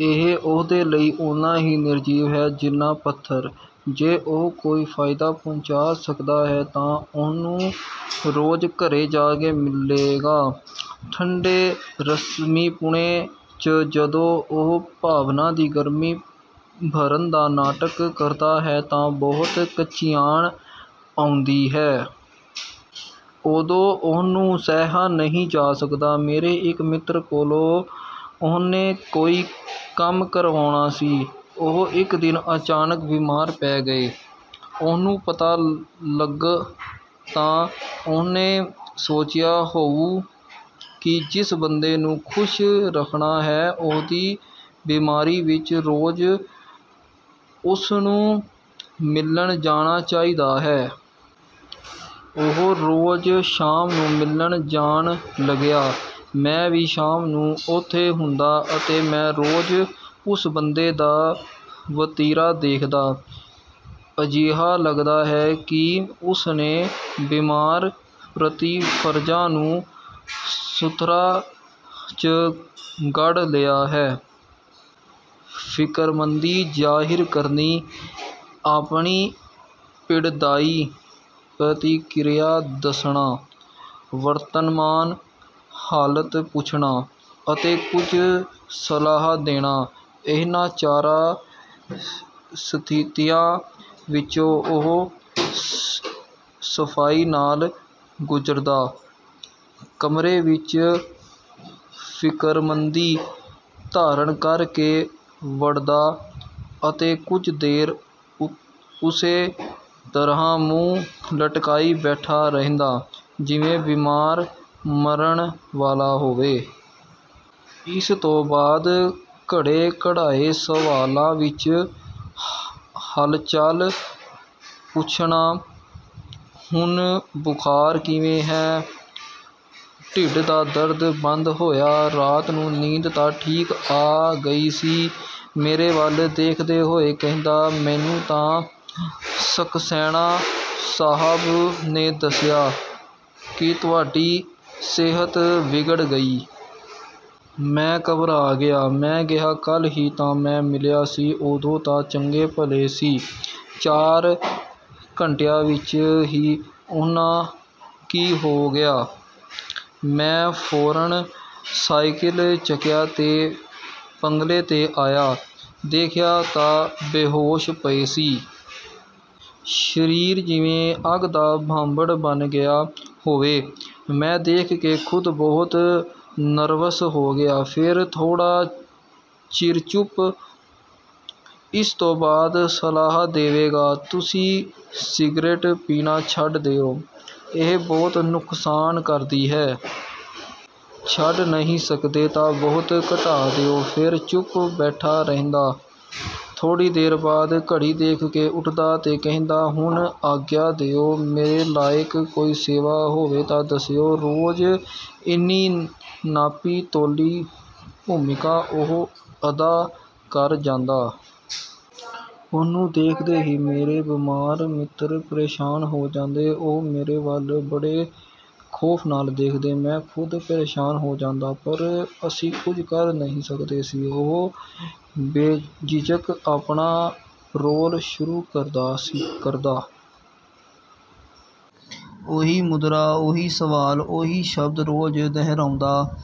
ਇਹ ਉਹਦੇ ਲਈ ਓਨਾ ਹੀ ਨਿਰਜੀਵ ਹੈ ਜਿੰਨਾ ਪੱਥਰ। ਜੇ ਉਹ ਕੋਈ ਫਾਇਦਾ ਪਹੁੰਚਾ ਸਕਦਾ ਹੈ ਤਾਂ ਉਹਨੂੰ ਰੋਜ਼ ਘਰੇ ਜਾ ਕੇ ਮਿਲੇਗਾ। ਠੰਡੇ ਰਸਮੀਪੁਣੇ 'ਚ ਜਦੋਂ ਉਹ ਭਾਵਨਾ ਦੀ ਗਰਮੀ ਭਰਨ ਦਾ ਨਾਟਕ ਕਰਦਾ ਹੈ ਤਾਂ ਬਹੁਤ ਕਚਿਆਣ ਆਉਂਦੀ ਹੈ। ਉਦੋਂ ਉਹਨੂੰ ਸਹਿਆ ਨਹੀਂ ਜਾ ਸਕਦਾ। ਮੇਰੇ ਇੱਕ ਮਿੱਤਰ ਕੋਲੋਂ ਉਹਨੇ ਕੋਈ ਕੰਮ ਕਰਵਾਉਣਾ ਸੀ। ਉਹ ਇੱਕ ਦਿਨ ਅਚਾਨਕ ਬਿਮਾਰ ਪੈ ਗਏ। ਉਹਨੂੰ ਪਤਾ ਲੱਗ ਤਾਂ ਉਹਨੇ ਸੋਚਿਆ ਹੋਊ ਕਿ ਜਿਸ ਬੰਦੇ ਨੂੰ ਖੁਸ਼ ਰੱਖਣਾ ਹੈ, ਉਹਦੀ ਬਿਮਾਰੀ ਵਿੱਚ ਰੋਜ਼ ਉਸਨੂੰ ਮਿਲਣ ਜਾਣਾ ਚਾਹੀਦਾ ਹੈ। ਉਹ ਰੋਜ਼ ਸ਼ਾਮ ਨੂੰ ਮਿਲਣ ਜਾਣ ਲੱਗਿਆ। ਮੈਂ ਵੀ ਸ਼ਾਮ ਨੂੰ ਉੱਥੇ ਹੁੰਦਾ ਅਤੇ ਮੈਂ ਰੋਜ਼ ਉਸ ਬੰਦੇ ਦਾ ਵਤੀਰਾ ਦੇਖਦਾ। ਅਜਿਹਾ ਲਗਦਾ ਹੈ ਕਿ ਉਸਨੇ ਬਿਮਾਰ ਪ੍ਰਤੀ ਫਰਜ਼ਾਂ ਨੂੰ ਸੂਤਰਾਂ 'ਚ ਘੜ ਲਿਆ ਹੈ। ਫਿਕਰਮੰਦੀ ਜ਼ਾਹਿਰ ਕਰਨੀ, ਆਪਣੀ ਪੀੜਦਾਈ ਪ੍ਰਤੀਕਿਰਿਆ ਦੱਸਣਾ, ਵਰਤਮਾਨ ਹਾਲਤ ਪੁੱਛਣਾ ਅਤੇ ਕੁਝ ਸਲਾਹ ਦੇਣਾ। ਇਹਨਾਂ ਚਾਰਾਂ ਸਥਿਤੀਆਂ ਵਿੱਚੋਂ ਉਹ ਸਫਾਈ ਨਾਲ ਗੁਜ਼ਰਦਾ। ਕਮਰੇ ਵਿੱਚ ਫਿਕਰਮੰਦੀ ਧਾਰਨ ਕਰਕੇ ਵੜਦਾ ਅਤੇ ਕੁਝ ਦੇਰ ਉਸੇ ਤਰ੍ਹਾਂ ਮੂੰਹ ਲਟਕਾਈ ਬੈਠਾ ਰਹਿੰਦਾ, ਜਿਵੇਂ ਬਿਮਾਰ ਮਰਨ ਵਾਲਾ ਹੋਵੇ। ਇਸਤੋਂ ਬਾਅਦ ਘੜੇ-ਘੜਾਏ ਸਵਾਲਾਂ ਵਿੱਚ ਹਾਲਚਾਲ ਪੁੱਛਣਾ। "ਹੁਣ ਬੁਖਾਰ ਕਿਵੇਂ ਹੈ? ਢਿੱਡ ਦਾ ਦਰਦ ਬੰਦ ਹੋਇਆ? ਰਾਤ ਨੂੰ ਨੀਂਦ ਤਾਂ ਠੀਕ ਆ ਗਈ ਸੀ?" ਮੇਰੇ ਵੱਲ ਦੇਖਦੇ ਹੋਏ ਕਹਿੰਦਾ, "ਮੈਨੂੰ ਤਾਂ ਸਕਸੈਨਾ ਸਾਹਬ ਨੇ ਦੱਸਿਆ ਕਿ ਤੁਹਾਡੀ ਸਿਹਤ ਵਿਗੜ ਗਈ। ਮੈਂ ਘਬਰਾ ਗਿਆ। ਮੈਂ ਕਿਹਾ, ਕੱਲ ਹੀ ਤਾਂ ਮੈਂ ਮਿਲਿਆ ਸੀ, ਉਦੋਂ ਤਾਂ ਚੰਗੇ-ਭਲੇ ਸੀ। ਚਾਰ ਘੰਟਿਆਂ ਵਿੱਚ ਹੀ ਉਹਨਾਂ ਕੀ ਹੋ ਗਿਆ? ਮੈਂ ਫੌਰਨ ਸਾਇਕਲ ਚੱਕਿਆ ਤੇ ਬੰਗਲੇ 'ਤੇ ਆਇਆ। ਦੇਖਿਆ ਤਾਂ ਬੇਹੋਸ਼ ਪਏ ਸੀ। ਸਰੀਰ ਜਿਵੇਂ ਅੱਗ ਦਾ ਭਾਂਬੜ ਬਣ ਗਿਆ ਹੋਵੇ। ਮੈਂ ਦੇਖ ਕੇ ਖੁਦ ਬਹੁਤ ਨਰਵਸ ਹੋ ਗਿਆ।" ਫਿਰ ਥੋੜਾ ਚਿਰ ਚੁੱਪ। ਇਸਤੋਂ ਬਾਅਦ ਸਲਾਹ ਦੇਵੇਗਾ, "ਤੁਸੀਂ ਸਿਗਰਟ ਪੀਣਾ ਛੱਡ ਦਿਓ। ਇਹ ਬਹੁਤ ਨੁਕਸਾਨ ਕਰਦੀ ਹੈ। ਛੱਡ ਨਹੀਂ ਸਕਦੇ ਤਾਂ ਬਹੁਤ ਘਟਾ ਦਿਓ।" ਫਿਰ ਚੁੱਪ ਬੈਠਾ ਰਹਿੰਦਾ। ਥੋੜੀ ਦੇਰ ਬਾਅਦ ਘੜੀ ਦੇਖ ਕੇ ਉੱਠਦਾ ਤੇ ਕਹਿੰਦਾ, "ਹੁਣ ਆਗਿਆ ਦਿਓ, ਮੇਰੇ ਲਾਇਕ ਕੋਈ ਸੇਵਾ ਹੋਵੇ ਤਾਂ ਦੱਸਿਓ।" ਰੋਜ਼ ਇੰਨੀ ਨਾਪੀ-ਤੋਲੀ ਭੂਮਿਕਾ ਉਹ ਅਦਾ ਕਰ ਜਾਂਦਾ। ਉਹਨੂੰ ਦੇਖਦੇ ਹੀ ਮੇਰੇ ਬਿਮਾਰ ਮਿੱਤਰ ਪ੍ਰੇਸ਼ਾਨ ਹੋ ਜਾਂਦੇ। ਉਹ ਮੇਰੇ ਵੱਲ ਬੜੇ ਖੌਫ ਨਾਲ ਦੇਖਦੇ। ਮੈਂ ਖੁਦ ਪ੍ਰੇਸ਼ਾਨ ਹੋ ਜਾਂਦਾ, ਪਰ ਅਸੀਂ ਕੁਝ ਕਰ ਨਹੀਂ ਸਕਦੇ ਸੀ। ਉਹ ਬੇਝਿਜਕ ਆਪਣਾ ਰੋਲ ਸ਼ੁਰੂ ਕਰਦਾ। ਉਹੀ ਮੁਦਰਾ, ਉਹੀ ਸਵਾਲ, ਉਹੀ ਸ਼ਬਦ ਰੋਜ਼ ਦੁਹਰਾਉਂਦਾ।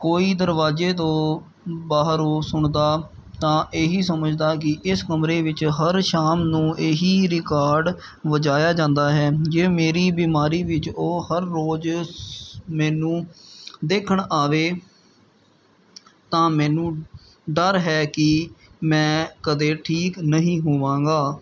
ਕੋਈ ਦਰਵਾਜ਼ੇ ਤੋਂ ਬਾਹਰੋਂ ਸੁਣਦਾ, ਤਾਂ ਇਹੀ ਸਮਝਦਾ ਕਿ ਇਸ ਕਮਰੇ ਵਿੱਚ ਹਰ ਸ਼ਾਮ ਨੂੰ ਇਹੀ ਰਿਕਾਰਡ ਵਜਾਇਆ ਜਾਂਦਾ ਹੈ। ਜੇ ਮੇਰੀ ਬਿਮਾਰੀ ਵਿੱਚ ਉਹ ਹਰ ਰੋਜ਼ ਮੈਨੂੰ ਦੇਖਣ ਆਵੇ ਤਾਂ ਮੈਨੂੰ ਡਰ ਹੈ ਕਿ ਮੈਂ ਕਦੇ ਠੀਕ ਨਹੀਂ ਹੋਵਾਂਗਾ।